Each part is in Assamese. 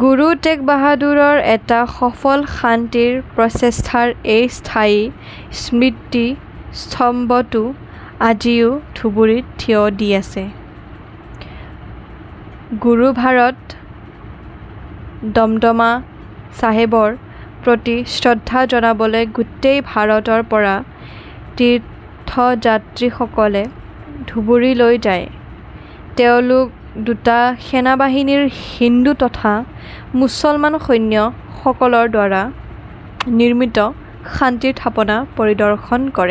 গুৰু টেগ বাহাদুৰৰ এটা সফল শান্তিৰ প্ৰচেষ্টাৰ এই স্থায়ী স্মৃতিস্তম্ভটো আজিও ধুবুৰীত থিয় দি আছে। গুৰুভাৰত দমদমা চাহেবৰ প্ৰতি শ্ৰদ্ধা জনাবলৈ গোটেই ভাৰতৰ পৰা তীৰ্থযাত্ৰীসকলে ধুবুৰীলৈ যায়। তেওঁলক দুটা সেনাবাহিনীৰ হিন্দু তথা মুছলমান সৈন্যসকলৰ দ্বাৰা নিৰ্মিত শান্তিৰ থাপনা পৰিদৰ্শন কৰে।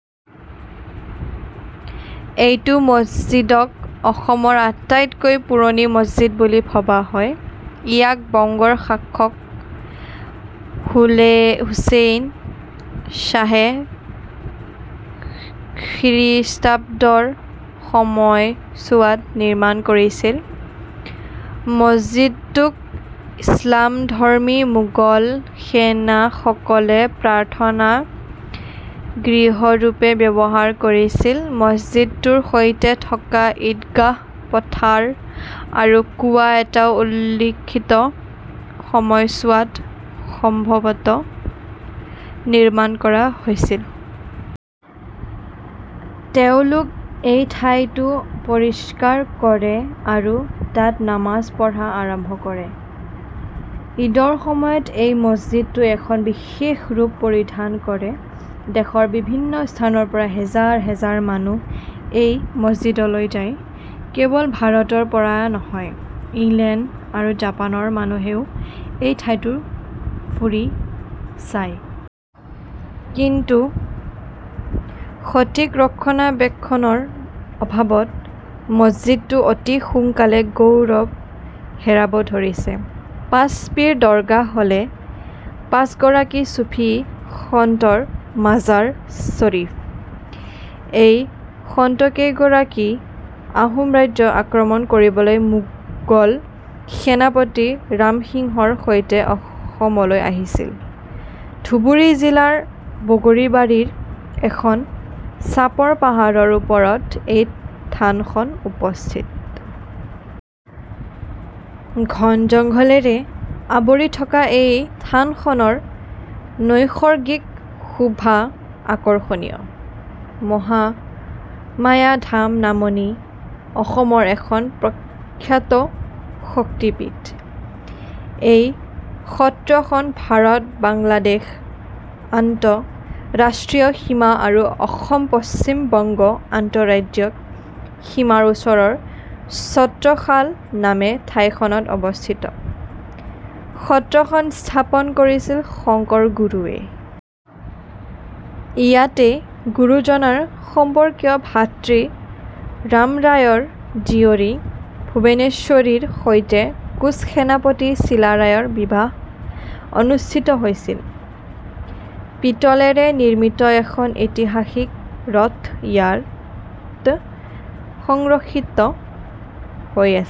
এইটো মছজিদক অসমৰ আটাইতকৈ পুৰণি মছজিদ বুলি ভবা হয়। ইয়াক বংগৰ শাসক হুচেইন শ্বাহে খৃষ্টাব্দৰ সময়চোৱাত নিৰ্মাণ কৰিছিল। মছজিদটোক ইচলামধৰ্মী মোগল সেনাসকলে প্ৰাৰ্থনা-গৃহৰূপে ব্যৱহাৰ কৰিছিল। মছজিদটোৰ সৈতে থকা ইদগাহ পথাৰ আৰু কুঁৱা এটাও উল্লিখিত সময়চোৱাতে সম্ভৱতঃ নিৰ্মাণ কৰা হৈছিল। তেওঁলক এই ঠাইটো পৰিষ্কাৰ কৰে আৰু তাত নামাজ পঢ়া আৰম্ভ কৰে। ' ঈদ '-ৰ সময়ত এই মছজিদটো এখন বিশেষ ৰূপ পৰিধান কৰে। দেশৰ বিভিন্ন স্থানৰ পৰা হেজাৰ হেজাৰ মানুহ এই মছজিদলৈ যায়। কেৱল ভাৰতৰ পৰা নহয়, ইংলেণ্ড আৰু জাপান ৰ মানুহেও এই ঠাইটো ফুৰি চায়। কিন্তু সঠিক ৰক্ষণাবেক্ষণৰ অভাবত মছজিদটো অতি সোনকালে গৌৰৱ হেৰাব ধৰিছে। পাঁচ পীৰ দৰগাহ হ'ল পাঁচগৰাকী চুফী সন্তৰ মাজাৰ চৰিফ। এই সন্তকেইগৰাকী আহোম ৰাজ্য আক্ৰমণ কৰিবলৈ মোগল সেনাপতি ৰামসিংহৰ সৈতে অসমলৈ আহিছিল। ধুবুৰী জিলাৰ বগৰীবাৰীৰ এখন চাপৰ পাহাৰৰ ওপৰত এই থানখন অৱস্থিত। ঘন জংঘলেৰে আৱৰি থকা এই থানখনৰ নৈসৰ্গিক শোভা আকৰ্ষণীয়। মহামায়া ধাম নামনি অসমৰ এখন প্ৰখ্যাত শক্তিপীঠ। এই সত্ৰখন ভাৰত-বাংলাদেশ আন্তঃৰাষ্ট্ৰীয় সীমা আৰু অসম-পশ্চিম বংগ আন্তঃৰাজ্যিক সীমাৰ ওচৰৰ ছত্ৰশাল নামে ঠাইখনত অৱস্থিত। সত্ৰখন স্থাপন কৰিছিল শংকৰ গুৰুৱে। ইয়াতে গুৰুজনাৰ সম্পৰ্কীয় ভাতৃ ৰামৰায়ৰ জীয়ৰী ভুৱনেশ্বৰীৰ সৈতে কোঁচ সেনাপতি চিলাৰায়ৰ বিবাহ অনুষ্ঠিত হৈছিল। পিতলেৰে নিৰ্মিত এখন ঐতিহাসিক ৰথ ইয়াত সংৰক্ষিত হৈ আছে।